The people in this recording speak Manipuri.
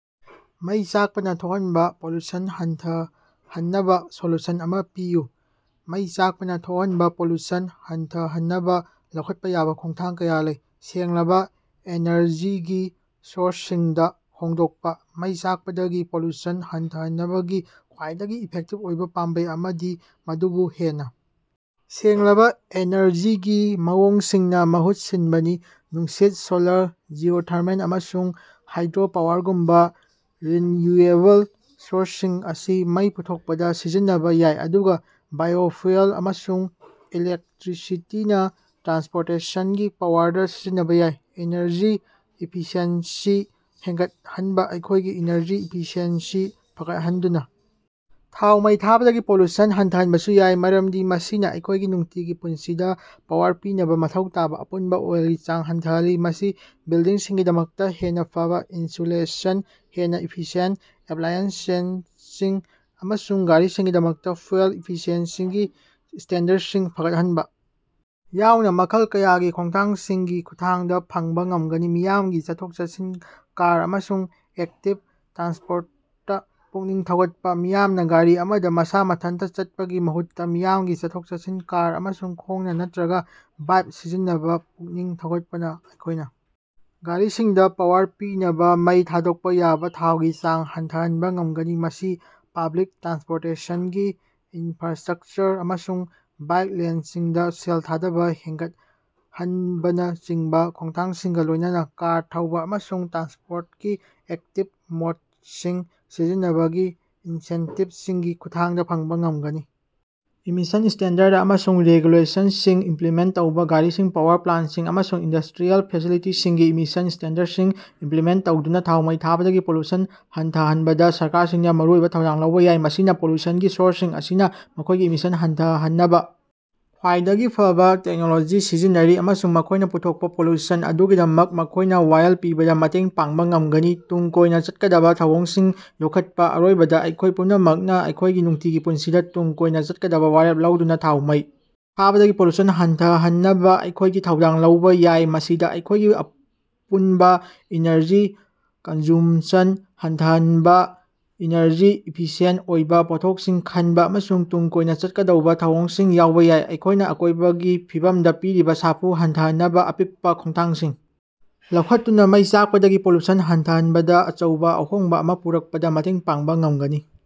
ꯃꯩ ꯆꯥꯛꯄꯅꯥ ꯊꯣꯛꯍꯟꯕꯥ ꯄꯣꯂꯨꯁꯟ ꯍꯟꯊꯍꯟꯅꯕꯥ ꯁꯣꯂꯨꯁꯟ ꯑꯃꯥ ꯄꯤꯌꯨ꯫ ꯃꯩ ꯆꯥꯛꯄꯅꯥ ꯊꯣꯛꯍꯟꯕꯥ ꯄꯣꯂꯨꯁꯟ ꯍꯟꯊꯍꯟꯅꯕꯥ ꯂꯧꯈꯠꯄꯥ ꯌꯥꯕ ꯈꯣꯡꯊꯥꯡ ꯀꯌꯥ ꯂꯩ: ꯁꯦꯡꯂꯕꯥ ꯑꯦꯅꯔꯖꯤꯒꯤ ꯁꯣꯔ꯭ꯁꯁꯤꯡꯗꯥ ꯍꯣꯡꯗꯣꯛꯄꯥ: ꯃꯩ ꯆꯥꯛꯄꯗꯒꯤ ꯄꯣꯂꯨꯁꯟ ꯍꯟꯊꯍꯟꯅꯕꯒꯤ ꯈꯥ꯭ꯋꯏꯗꯒꯤ ꯏꯐꯦꯛꯇꯤꯞ ꯑꯣꯏꯕꯥ ꯄꯥꯝꯕꯩ ꯑꯃꯗꯤ ꯃꯗꯨꯕꯨ ꯍꯦꯟꯅꯥ ꯁꯦꯡꯂꯕꯥ ꯑꯦꯅꯔꯖꯤꯒꯤ ꯃꯑꯣꯡꯁꯤꯡꯅꯥ ꯃꯍꯨꯠ ꯁꯤꯟꯕꯅꯤ꯫ ꯅꯨꯡꯁꯤꯠ, ꯁꯣꯂꯥꯔ, ꯖꯤꯑꯣꯊꯔꯃꯦꯜ, ꯑꯃꯁꯨꯡ ꯍꯥꯏꯗ꯭ꯔꯣ ꯄꯥꯋꯔꯒꯨꯝꯕꯥ ꯔꯤꯟꯌꯨꯑꯦꯕꯜ ꯁꯣꯔꯁꯁꯤꯡ ꯑꯁꯤ ꯃꯩ ꯄꯨꯊꯣꯛꯄꯗꯥ ꯁꯤꯖꯤꯟꯅꯕꯥ ꯌꯥꯏ, ꯑꯗꯨꯒꯥ ꯕꯥꯏꯑꯣꯐ꯭ꯌꯨꯑꯦꯜ ꯑꯃꯁꯨꯡ ꯏꯂꯦꯛꯇꯔꯤꯁꯤꯇꯤꯅꯥ ꯇ꯭ꯔꯥꯟꯁꯄꯣꯔꯇꯦꯁꯟꯒꯤ ꯄꯥꯋꯔꯗ ꯁꯤꯖꯤꯟꯅꯕꯥ ꯌꯥꯏ꯫ ꯏꯅꯔꯖꯤ ꯏꯐꯤꯁꯤꯑꯦꯟꯁꯤ ꯍꯦꯒꯠꯍꯟꯕꯥ: ꯑꯩꯈꯣꯏꯒꯤ ꯏꯅꯔꯖꯤ ꯏꯐꯤꯁꯤꯑꯦꯟꯁꯤ ꯐꯒꯠꯍꯟꯗꯨꯅꯥ ꯊꯥꯎ ꯃꯩ ꯊꯥꯕꯗꯒꯤ ꯄꯣꯂꯨꯁꯟ ꯍꯟꯊꯍꯟꯕꯁꯨ ꯌꯥꯏ, ꯃꯔꯝꯗꯤ ꯃꯁꯤꯅꯥ ꯑꯩꯈꯣꯏꯒꯤ ꯅꯨꯡꯇꯤꯒꯤ ꯄꯨꯟꯁꯤꯗꯥ ꯄꯥꯋꯔ ꯄꯤꯅꯕꯥ ꯃꯊꯧ ꯇꯥꯕꯥ ꯑꯄꯨꯟꯕꯥ ꯑꯣꯏꯜꯒꯤ ꯆꯥꯡ ꯍꯟꯊꯍꯜꯂꯤ꯫ ꯃꯁꯤ ꯕꯤꯜꯗꯤꯡꯁꯤꯡꯒꯤꯗꯃꯛꯇꯥ ꯍꯦꯟꯅꯥ ꯐꯕꯥ ꯏꯟꯁꯨꯂꯦꯁꯟ, ꯍꯦꯟꯅꯥ ꯏꯐꯤꯁꯤꯌꯦꯟꯇ ꯑꯦꯞꯂꯥꯏꯑꯦꯟꯁꯁꯤꯡ, ꯑꯃꯁꯨꯡ ꯒꯥꯔꯤꯁꯤꯡꯒꯤꯗꯃꯛꯇꯥ ꯐ꯭ꯌꯨꯑꯦꯜ ꯏꯐꯤꯁꯤꯑꯦꯟꯁꯤꯒꯤ ꯁ꯭ꯇꯦꯟꯗꯔꯗꯁꯤꯡ ꯐꯒꯠꯍꯟꯕꯥ ꯌꯥꯎꯅꯥ ꯃꯈꯜ ꯀꯌꯥꯒꯤ ꯈꯣꯡꯊꯥꯡꯁꯤꯡꯒꯤ ꯈꯨꯠꯊꯥꯡꯗꯥ ꯐꯪꯕꯥ ꯉꯝꯒꯅꯤ꯫ ꯃꯤꯌꯥꯝꯒꯤ ꯆꯠꯊꯣꯛ-ꯆꯠꯁꯤꯟ, ꯀꯥꯔ, ꯑꯃꯁꯨꯡ ꯑꯦꯛꯇꯤꯕ ꯇ꯭ꯔꯥꯟꯁꯄꯣꯔꯇꯇꯥ ꯄꯨꯛꯅꯤꯡ ꯊꯧꯒꯠꯄꯥ: ꯃꯤꯌꯥꯝꯅꯥ ꯒꯥꯔꯤ ꯑꯃꯗꯥ ꯃꯁꯥ ꯃꯊꯟꯇꯥ ꯆꯠꯄꯒꯤ ꯃꯍꯨꯠꯇꯥ ꯃꯤꯌꯥꯝꯒꯤ ꯆꯠꯊꯣꯛ-ꯆꯠꯁꯤꯟ, ꯀꯥꯔ, ꯑꯃꯁꯨꯡ ꯈꯣꯡꯅꯥ ꯅꯠꯇꯔꯒꯥ ꯕꯥꯏꯛ ꯁꯤꯖꯤꯟꯅꯅꯕꯥ ꯄꯨꯛꯅꯤꯡ ꯊꯧꯒꯠꯄꯅꯥ ꯑꯩꯈꯣꯏꯅꯥ ꯒꯥꯔꯤꯁꯤꯡꯗꯥ ꯄꯥꯋꯔ ꯄꯤꯅꯕꯥ ꯃꯩ ꯊꯥꯗꯣꯛꯄꯥ ꯌꯥꯕꯥ ꯊꯥꯎꯒꯤ ꯆꯥꯡ ꯍꯟꯊꯍꯟꯕꯥ ꯉꯝꯒꯅꯤ꯫ ꯃꯁꯤ ꯄꯕ꯭ꯂꯤꯛ ꯇ꯭ꯔꯥꯟꯁꯄꯣꯔꯇꯦꯁꯟꯒꯤ ꯏꯅꯐ꯭ꯔꯥꯁ꯭ꯠꯔꯀꯆꯔ ꯑꯃꯁꯨꯡ ꯕꯥꯏꯛ ꯂꯦꯟꯁꯤꯡꯗꯥ ꯁꯦꯜ ꯊꯥꯗꯕꯥ ꯍꯦꯒꯠꯍꯟꯕꯅꯆꯤꯡꯕꯥ ꯈꯣꯡꯊꯥꯡꯁꯤꯡꯒꯥ ꯂꯣꯏꯅꯅꯥ ꯀꯥꯔ ꯊꯧꯕꯥ ꯑꯃꯁꯨꯡ ꯇ꯭ꯔꯥꯟꯁꯄꯣꯔꯇꯀꯤ ꯑꯦꯛꯇꯤꯕ ꯃꯣꯠꯁꯤꯡ ꯁꯤꯖꯤꯟꯅꯕꯒꯤ ꯏꯟꯁꯦꯟꯇꯤꯕꯁꯤꯡꯒꯤ ꯈꯨꯠꯊꯥꯡꯗ ꯐꯪꯕꯥ ꯉꯝꯒꯅꯤ꯫ ꯏꯃꯤꯁꯟ ꯁ꯭ꯇꯦꯟꯗꯔꯗ ꯑꯃꯁꯨꯡ ꯔꯦꯒꯨꯂꯦꯁꯟꯁꯤꯡ ꯏꯝꯄꯂꯤꯃꯦꯟꯇ ꯇꯧꯕꯥ: ꯒꯥꯔꯤꯁꯤꯡ, ꯄꯥꯋꯔ ꯄ꯭ꯂꯥꯟꯇꯁꯤꯡ, ꯑꯃꯁꯨꯡ ꯏꯟꯗꯁ꯭ꯇꯔꯤꯑꯦꯜ ꯐꯦꯁꯤꯂꯤꯇꯤꯁꯤꯡꯒꯤ ꯏꯃꯤꯁꯟ ꯁ꯭ꯇꯦꯟꯗꯔꯗꯁꯤꯡ ꯏꯝꯄꯂꯤꯃꯦꯟꯇ ꯇꯧꯗꯨꯅꯥ ꯊꯥꯎ ꯃꯩ ꯊꯥꯕꯗꯒꯤ ꯄꯣꯂꯨꯁꯟ ꯍꯟꯊꯍꯟꯕꯗꯥ ꯁꯔꯀꯥꯔꯁꯤꯡꯅꯥ ꯃꯔꯨꯑꯣꯏꯕꯥ ꯊꯧꯗꯥꯡ ꯂꯧꯕꯥ ꯌꯥꯏ꯫ ꯃꯁꯤꯅꯥ ꯄꯣꯂꯨꯁꯟꯒꯤ ꯁꯣꯔꯁꯁꯤꯡ ꯑꯁꯤꯅꯥ ꯃꯈꯣꯏꯒꯤ ꯏꯃꯤꯁꯟ ꯍꯟꯊꯍꯟꯅꯕꯥ ꯈ꯭ꯋꯥꯏꯗꯒꯤ ꯐꯕꯥ ꯇꯦꯛꯅꯣꯂꯣꯖꯤ ꯁꯤꯖꯤꯟꯅꯔꯤ, ꯑꯃꯁꯨꯡ ꯃꯈꯣꯏꯅꯥ ꯄꯨꯊꯣꯛꯄꯥ ꯄꯣꯂꯨꯁꯟ ꯑꯗꯨꯒꯤꯗꯃꯛ ꯃꯈꯣꯏꯅꯥ ꯋꯥꯌꯦꯜ ꯄꯤꯕꯗꯥ ꯃꯇꯦꯡ ꯄꯥꯡꯕꯥ ꯉꯝꯒꯅꯤ꯫ ꯇꯨꯡ ꯀꯣꯏꯅꯥ ꯆꯠꯀꯗꯕꯥ ꯊꯧꯑꯣꯡꯁꯤꯡ ꯌꯣꯛꯈꯠꯄꯥ: ꯑꯔꯣꯏꯕꯗꯥ, ꯑꯩꯈꯣꯏ ꯄꯨꯝꯅꯃꯛꯅꯥ ꯑꯩꯈꯣꯏꯒꯤ ꯅꯨꯡꯇꯤꯒꯤ ꯄꯨꯟꯁꯤꯗꯥ ꯇꯨꯡ ꯀꯣꯏꯅꯥ ꯆꯠꯀꯗꯕꯥ ꯋꯥꯔꯦꯞ ꯂꯧꯗꯨꯅꯥ ꯊꯥꯎ ꯃꯩ ꯊꯥꯕꯗꯒꯤ ꯄꯣꯂꯨꯁꯟ ꯍꯟꯊꯍꯟꯅꯕꯥ ꯑꯩꯈꯣꯏꯒꯤ ꯊꯧꯗꯥꯡ ꯂꯧꯕꯥ ꯌꯥꯏ꯫ ꯃꯁꯤꯗꯥ ꯑꯩꯈꯣꯌꯒꯤ ꯑꯄꯨꯅꯕꯥ ꯏꯅꯔꯖꯤ ꯀꯟꯖꯨꯃꯁꯟ ꯍꯟꯊꯍꯅꯕꯥ, ꯏꯅꯔꯖꯤ ꯏꯐꯤꯁꯤꯌꯦꯟꯇ ꯑꯣꯏꯕꯥ ꯄꯣꯠꯊꯣꯛꯁꯤꯡ ꯈꯟꯕ ꯑꯃꯁꯨꯡ ꯇꯨꯡ ꯀꯣꯏꯅ ꯆꯠꯀꯗꯧꯕ ꯊꯧꯑꯣꯡꯁꯤꯡ ꯌꯥꯎꯕꯥ ꯌꯥꯏ꯫ ꯑꯩꯈꯣꯏꯅꯥ ꯑꯀꯣꯏꯕꯒꯤ ꯐꯤꯕꯝꯗꯥ ꯄꯤꯔꯤꯕꯥ ꯁꯥꯐꯨ ꯍꯟꯊꯍꯟꯅꯕꯥ ꯑꯄꯤꯛꯄꯥ ꯈꯣꯡꯊꯥꯡꯁꯤꯡ ꯂꯧꯈꯠꯇꯨꯅꯥ ꯃꯩ ꯆꯥꯛꯄꯗꯒꯤ ꯄꯣꯂꯨꯁꯟ ꯍꯟꯊꯍꯅꯕꯗꯥ ꯑꯆꯧꯕꯥ ꯑꯍꯣꯡꯕꯥ ꯑꯃꯥ ꯄꯨꯔꯛꯄꯗꯥ ꯃꯇꯦꯡ ꯄꯥꯡꯕꯥ ꯉꯝꯒꯅꯤ꯫